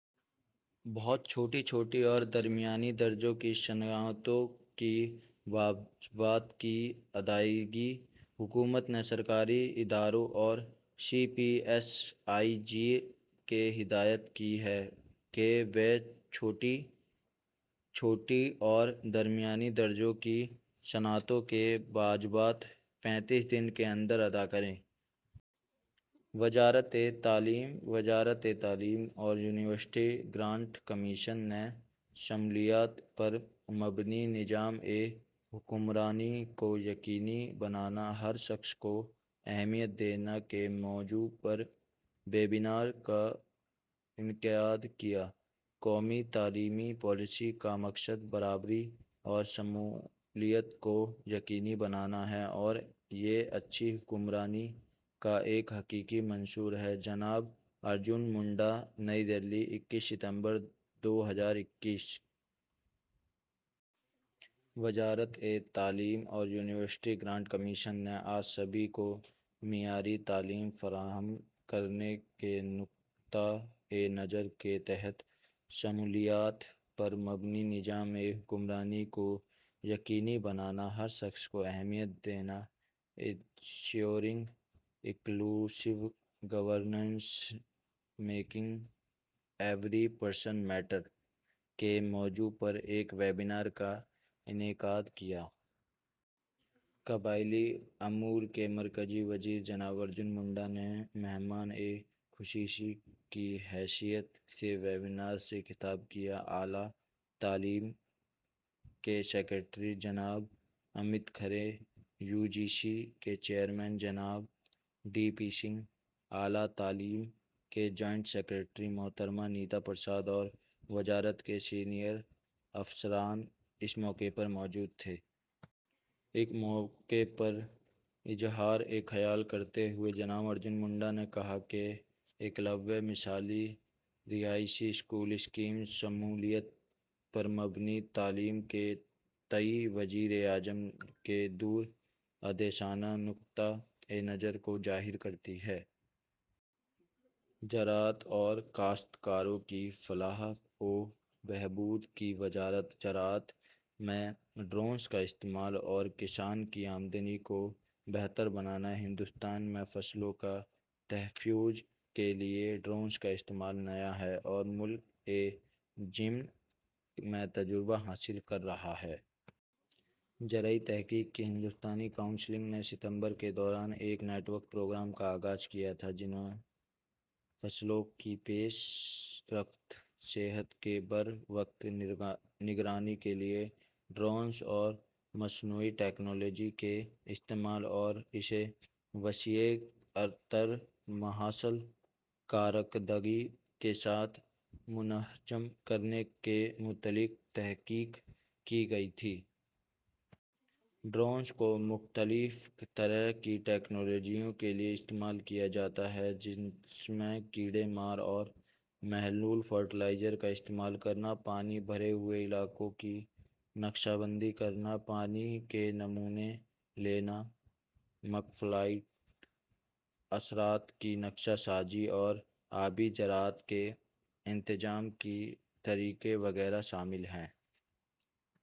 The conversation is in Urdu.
بہت چھوٹی، چھوٹی اور درمیانے درجے کی صنعتوں کے واجبات کی ادائیگی: حکومت نے سرکاری اداروں اور سی پی ایس ایز کو ہدایت کی ہے کہ وہ بہت چھوٹی، چھوٹی اور درمیانے درجے کی صنعتوں کے واجبات پینتالیس دن کے اندر ادا کریں۔ وزارتِ تعلیم وزارت تعلیم اور یونیورسٹی گرانٹس کمیشن نے 'شمولیت پر مبنی نظام حکمرانی کو یقینی بنانا: ہر شخص کو اہمیت دینا' کے موضوع پر ویبینار کا انعقاد کیا قومی تعلیمی پالیسی کا مقصد برابری اور شمولیت کو یقینی بنانا ہے اور یہ اچھی حکمرانی کا ایک حقیقی منشور ہے – جناب ارجن منڈا نئی دہلی، اکیس ستمبر دو ہزار اکیس۔ وزارت تعلیم اور یونیورسٹی گرانٹس کمیشن نے آج سبھی کو معیاری تعلیم فراہم کرنے کے نقطہ نظر کے تحت 'شمولیت پر مبنی نظام حکمرانی کو یقینی بنانا: ہر شخص کو اہمیت دینا ensuring inclusive governance: making every person matter' کے موضوع پر ایک ویبینار کا انعقاد کیا۔ قبائلی امور کے مرکزی وزیر جناب ارجن منڈا نے مہمان خصوصی کی حیثیت سے ویبینار سے خطاب کیا۔ اعلیٰ تعلیم کے سکریٹری جناب Amit Khare, U G C کے چیئرمین جناب ڈی پی سنگھ، اعلیٰ تعلیم کی جوائنٹ سکریٹری محترمہ نیتا پرساد اور وزارت کے سینئر افسران اس موقع پر موجود تھے۔ اس موقع پر اظہار خیال کرتے ہوئے جناب ارجن منڈا نے کہا کہ ایکلوویہ مثالی رہائشی اسکول اسکیم شمولیت پر مبنی تعلیم کے تئیں وزیر اعظم کے دوراندیشانہ نقطہ نظر کو ظاہر کرتی ہے۔ زراعت اور کاشتکاروں کی فلاح و بہبود کی وزارت زراعت میں ڈرونس کا استعمال اور کسانوں کی آمدنی کو بہتر بنانا ہندوستان میں فصلوں کے تحفظ کے لئے ڈرونس کا استعمال نیا ہے اور ملک اس ضمن میں تجربہ حاصل کر رہا ہے۔ زرعی تحقیق کی ہندوستانی کونسل نے ستمبر کے دوران ایک نیٹ ورک پروگرام کا آغاز کیا تھا، جس میں فصلوں کی پیش رفت، صحت کی بروقت نگرانی کے لئے ڈرونس اور مصنوعی انٹلیجنس کے استعمال اور اسے وسیع تر ماحصل کارکردگی کے ساتھ منظم کرنے سے متعلق تحقیق کی گئی تھی۔ ڈرونس کو مختلف طرح کی ٹیکنالوجیوں کے لئے استعمال کیا جاتا ہے جس میں کیڑے مار اور محلول فرٹیلائزر کا استعمال کرنا، پانی بھرے ہوئے علاقوں کی نقشہ بندی کرنا، پانی کے نمونے لینا، میکروفائٹ اثرات کی نقشہ سازی اور آبی زراعت کے انتظام کے طریقے وغیرہ شامل ہیں۔